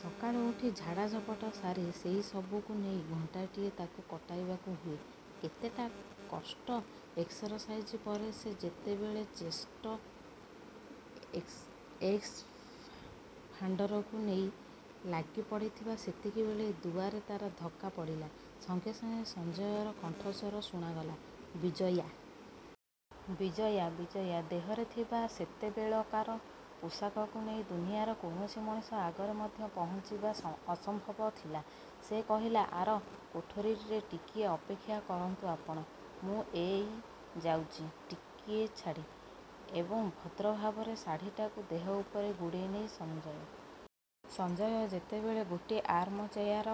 ସକାଳୁ ଉଠି ଝାଡ଼ାଝପଟ ସାରି ସେଇ ସବୁକୁ ନେଇ ଘଣ୍ଟାଟିଏ ତାକୁ କଟାଇବାକୁ ହୁଏ। କେତେଟା କଷ୍ଟ ଏକ୍ସରସାଇଜ୍ ପରେ ସେ ଯେତେବେଳେ ଚେଷ୍ଟ ଏକ୍ସପାଣ୍ତରକୁ ନେଇ ଲାଗି ପଡ଼ିଥିଲା ସେତିକିବେଳେ ଦୁଆରେ ତା'ର ଧକ୍କା ପଡ଼ିଲା ସଙ୍ଗେ ସଙ୍ଗେ ସଞ୍ଜୟର କଣ୍ଠସ୍ଵର ଶୁଣାଗଲା— "ବିଜୟା……. ବିଜୟା! '' ବିଜୟା ଦେହରେ ଥିବା ସେତେବେଳକାର ପୋଷାକକୁ ନେଇ ଦୁନିଆର କୌଣସି ମଣିଷ ଆଗରେ ମଧ୍ୟ ପହଞ୍ଚିବା ଅସମ୍ଭବ ଥିଲା। ସେ କହିଲା— "ଆର କୋଠରୀରେ ଟିକିଏ ଅପେକ୍ଷା କରନ୍ତୁ ଆପଣ। ମୁଁ ଏଇ ଯାଉଚି। '' ଟିକିଏ ଛାଡ଼ି, ଏବଂ ଭଦ୍ରଭାବରେ ଶାଢ଼ିଟାକୁ ଦେହ ଉପରେ ଗୁଡ଼େଇ ନେଇ ସଞ୍ଜୟ ପାଖରେ ପହଞ୍ଚିଲା ସେ। ସଞ୍ଜୟ ସେତେବେଳେ ଗୋଟିଏ ଆର୍ମଚେୟାର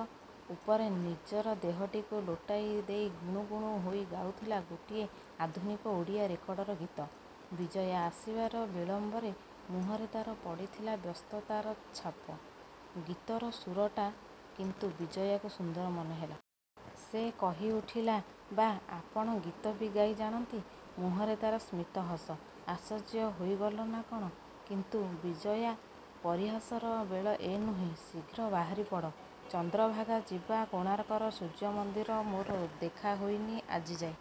ଉପରେ ନିଜର ଦେହଟିକୁ ଲୋଟାଇ ଦେଇ ଗୁଣୁ ଗୁଣୁ ହୋଇ ଗାଉଥିଲା ଗୋଟିଏ ଆଧୁନିକ ଓଡ଼ିଆ ରେକର୍ଡ଼ର ଗୀତ। ବିଜୟା ଆସିବାର ବିଳମ୍ଵରେ ମୁହଁରେ ତା'ର ପଡ଼ିଥିଲା ବ୍ୟସ୍ତତାର ଛାପ। ଗୀତର ସୁରଟା କିନ୍ତୁ ବିଜୟାକୁ ସୁନ୍ଦର ମନେ ହେଲା। ସେ କହି ଉଠିଲା— "ବାଃ, ଆପଣ ଗୀତ ବି ଗାଇ ଜାଣନ୍ତି" ମୁହଁରେ ତା'ର ସ୍ମିତ ହସ। "ଆଶ୍ଚର୍ଯ୍ୟ ହୋଇଗଲ ନା କଣ? କିନ୍ତୁ ବିଜୟା! ପରିହାସର ବେଳ ଏ ନୁହେଁ। ଶିଘ୍ର ବାହାରି ପଡ଼। ଚନ୍ଦ୍ର ଭାଗା ଯିବା। କୋଣାର୍କର ସୂର୍ଯ୍ୟ ମନ୍ଦିର ମୋର ଦେଖା ହୋଇନି ଆଜିଯାଏ।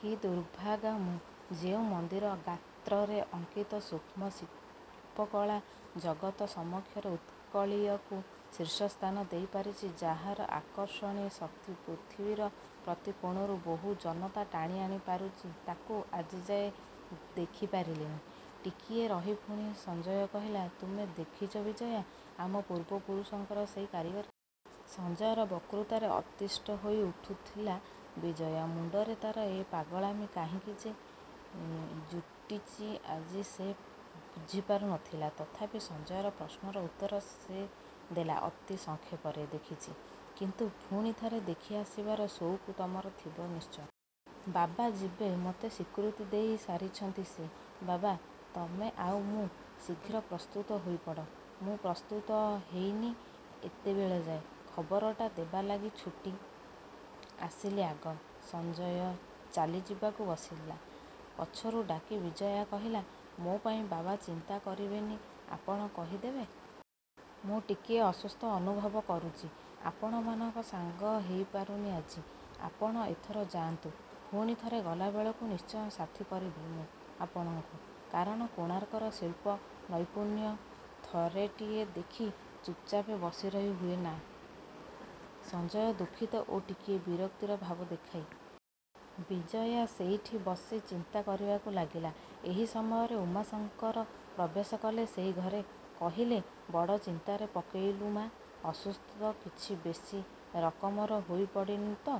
କି ଦୁର୍ଭାଗା ମୁଁ। ଯେଉଁ ମନ୍ଦିର ଗାତ୍ରରେ ଅଙ୍କିତ ସୂକ୍ଷ୍ମ ଶିଳ୍ପକଳା ଜଗତ ସମକ୍ଷରେ ଉତ୍କଳୀୟକୁ ଶୀର୍ଷ ସ୍ଥାନ ଦେଇ ପାରିଚି, ଯାହାର ଆକର୍ଷଣୀ ଶକ୍ତି ପୃଥିବୀର ପ୍ରତି କୋଣରୁ ବହୁ ଜନତା ଟାଣି ଆଣି ପାରୁଚି ତାକୁ ଆଜିଯାଏ ଦେଖି ପାରିଲିନି। '' ଟିକିଏ ରହି ପୁଣି ସଞ୍ଜୟ କହିଲା— "ତୁମେ ଦେଖିଚ ବିଜୟା, ଆମ ପୂର୍ବ ପୁରୁଷଙ୍କର ସେଇ କାରିଗରୀ? '' ସଞ୍ଜୟର ବକୃତାରେ ଅତିଷ୍ଠ ହୋଇ ଉଠୁଥିଲା ବିଜୟା। ମୁଣ୍ତରେ ତା'ର ଏ ପାଗଳାମି କାହିଁକି ଯେ ଯୁଟିଚି ଆଜି ସେ ବୁଝିପାରୁ ନ ଥିଲା। ତଥାପି ସଞ୍ଜୟର ପ୍ରଶ୍ନର ଉତ୍ତର ସେ ଦେଲା ଅତି ସଂକ୍ଷପରେ "ଦେଖିଛି। '' "କିନ୍ତୁ ପୁଣିଥରେ ଦେଖି ଆସିବାର ସଉକ ତମର ଥିବ ନିଶ୍ଚୟ। ବାବା ଯିବେ। ମୋତେ ସ୍ଵୀକୃତି ଦେଇ ସାରିଚନ୍ତି ସେ। ବାବା, ତମେ ଆଉ ମୁଁ। ଶିଘ୍ର ପ୍ରସ୍ତୁତ ହୋଇପଡ଼। ମୁଁ ପ୍ରସ୍ତୁତ ହେଇନି ଏତେବେଳଯାଏ। ଖବରଟା ଦେବାଲାଗି ଛୁଟି। ଆସିଲି ଆଗ। '' ସଞ୍ଜୟ ଚାଲି ଯିବାକୁ ବସିଲା। ପଛରୁ ଡାକି ବିଜୟା କହିଲା—"ମୋ ପାଇଁ ବାବା ଚିନ୍ତା କରିବେ ନି ଆପଣ କହି ଦେବେ। ମୁଁ ଟିକିଏ ଅସୁସ୍ଥ ଅନୁଭବ କରୁଚି। ଆପଣମାନଙ୍କ ସାଙ୍ଗ ହେଇ ପାରୁନି ଆଜି। ଆପଣ ଏଥର ଯାଆନ୍ତୁ। ପୁଣିଥରେ ଗଲାବେଳକୁ ନିଶ୍ଚୟ ସାଥି କରିବି ମୁଁ ଆପଣଙ୍କୁ। କାରଣ କୋଣାର୍କର ଶିଳ୍ପ ନୈପୁଣ୍ୟ ଥରେଟିଏ ଦେଖି ଚୁପ ଚାପ୍ ବସିରହି ହୁଏ ନା। '' ସଞ୍ଜୟ ଦୁଃଖିତ ଓ ଟିକିଏ ବିରକ୍ତିର ଭାବ ଦେଖାଇ ଚାଲିଗଲା। ବିଜୟା ସେଇଠି ବସି ଚିନ୍ତା କରିବାକୁ ଲାଗିଲା। ଏହି ସମୟରେ ଉମାଶଙ୍କର ପ୍ରବେଶ କଲେ ସେଇ ଘରେ। କହିଲେ— "ବଡ଼ ଚିନ୍ତାରେ ପକେଇଲୁ ମା! ଅସୁସ୍ଥ କିଛି ବେଶି ରକମର ହୋଇ ପଡ଼ିନୁ ତ?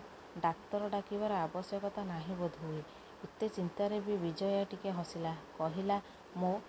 ଡାକ୍ତର ଡାକିବାର ଆବଶ୍ୟକତା ନାହିଁ ବୋଧହୁଏ? '' ଏତେ ଚିନ୍ତାରେ ବି ବିଜୟା ଟିକିଏ ହସିଲା। କହିଲା "ମୋ ପାଇଁ ଚିନ୍ତା କରିବାର କିଛି ନାହିଁ ବାବା!